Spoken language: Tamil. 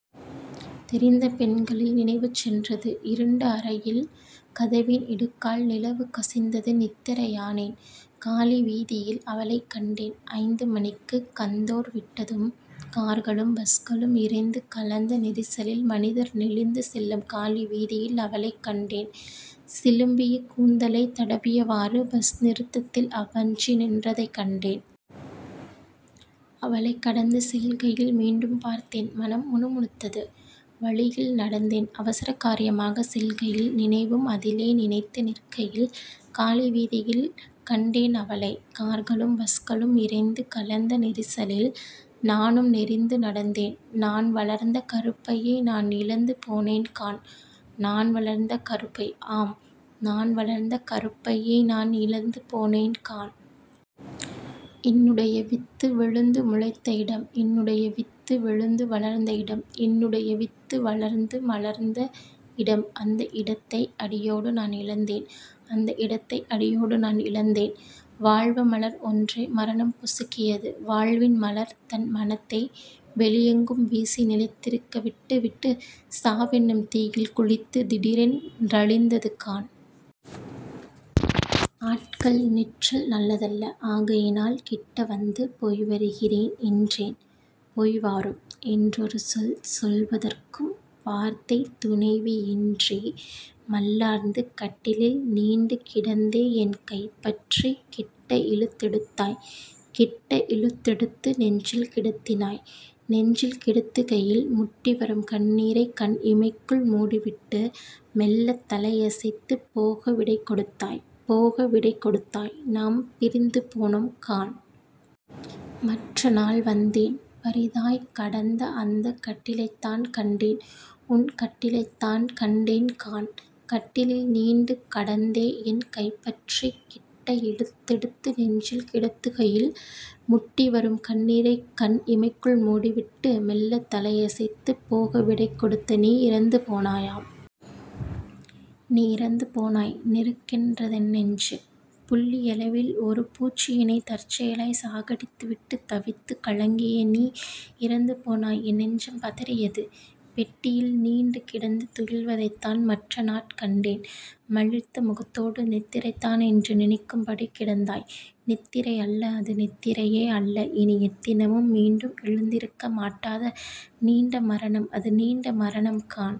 தெரிந்த பெண்களில் நினைவு சென்றது. இருட்டு அறையில்। கதவின் இடுக்கால் நிலவு கசிந்தது நித்திரை யானேன். காலி வீதியில் அவளைக்கண்டேன் ஐந்து மனிக்குக் கந்தோர் விட்டதும் கார்களும் பஸ்களும் இரைந்து கலந்த நெரிசலில் மனிதர் நெளிந்து செல்லும் காலி வீதியில் அவளைக் கண்டேன். சிலும்பிய கூந்தலைத் தடவியவாறு பஸ்நிறுத்தத்தில் அவ்வஞ்சி நின்றதைக் கண்டேன். அவளைக் கடந்து செல்கையில் மீண்டும் பார்த்தேன் மனம் முணுமுணுத்தது. வழியில் நடந்தேன். அவசரகாரிய மாகச் செல்கையில் நினைவும் அதிலே நினைத்து நிற்கையில் காலி வீதியில் கண்டேன் அவளை கார்களும் பஸ்களும் இரைந்து கலந்த நெரிசலில் நானும் நெரிந்துநடந்தேன் நான்வளர்ந்த கருப்பையை நான் இழந்து போனேன்காண்... நான் வளர்ந்த கருப்பை, ஆம் நான் வளர்ந்த கருப்பையை நான் இழந்து போனேன்காண்... என்னுடைய வித்து விழுந்து முளைத்த இடம் என்னுடைய வித்து விழுந்து வளர்ந்த இடம் என்னுடைய வித்து வளர்ந்து மலர்ந்த இடம் அந்த இடத்தை அடியோடு நான் இழந்தேன்... அந்த இடத்தை அடியோடு நான் இழந்தேன்... வாழ்வு மலர் ஒன்றை மரணம் பொசுக்கியது வாழ்வின் மலர், தன் மணத்தை வெளியெங்கும் வீசி நிலைத்திருக்க விட்டு விட்டுச் சாவென்னும் தீயில் குளித்துத் திடீரென் றழிந்ததுகாண். ஆட்கள் நிற்றல் நல்லதல்ல... ஆகையினால் கிட்டவந்து 'போய்வருகிறேன்' என்றேன் போய்வாரும் என்றொரு சொல் சொல்வதற்கும் வார்த்தைத் துணைவியின்றி மல்லார்ந்து கட்டிலில் நீண்டு கிடந்தே என் கைபற்றிக் கிட்ட இழுத்தெடுத்தாய் கிட்ட இழுத் தெடுத்து நெஞ்சில் கிடத்தினாய்... நெஞ்சில் கிடத்துகையில் முட்டிவரும் கண்ணீரைக் கண் இமைக்குள் மூடிவிட்டு மெல்லத் தலையசைத்துப் போக விடை கொடுத்தாய் போக விடை கொடுத்தாய் நாம் பிரிந்து போனோம் காண்... மற்ற நாள் வந்தேன் வறிதாய்க் கடந்த அந்தக் கட்டிலைத்தான் கண்டேன், உன் கட்டிலைத்தான் கண்டேன் காண்... கட்டிலில் நீண்டு கடந்தே என் கைபற்றிக் கிட்ட இழுத்தெடுத்து நெஞ்சில் கிடத்துகையில் முட்டிவரும் கண்ணீரைக் கண் இமைக்குள் மூடிவிட்டு மெல்லத் தலையசைத்துப் போக விடை கொடுத்த நீ இறந்து போனாயாம்... 'நீ இறந்து போனாய் நெருக் கென்ற தென்நெஞ்சு' புள்ளியளவில் ஒரு பூச்சியினைத் தற்செயலாய்ச் சாகடித்து விட்டுத் தவித்துக் கலங்கிய நீ இறந்து போனாய் என் நெஞ்சம் பதறியது... பெட்டியிள் நீண்டு கிடந்து துயில்வதைத்தான் மற்றநாட் கண்டேன். மழித்த முகத்தோடு நித்திரைதான் என்று நினைக்கும்படி கிடந்தாய் நித்திரை அல்ல, அது நித்திரையே அல்ல இனி எத்தினமும் மீண்டும் எழுந்திருக்க மாட்டாத நீண்ட மரணம் அது நீண்ட மரணம் காண்...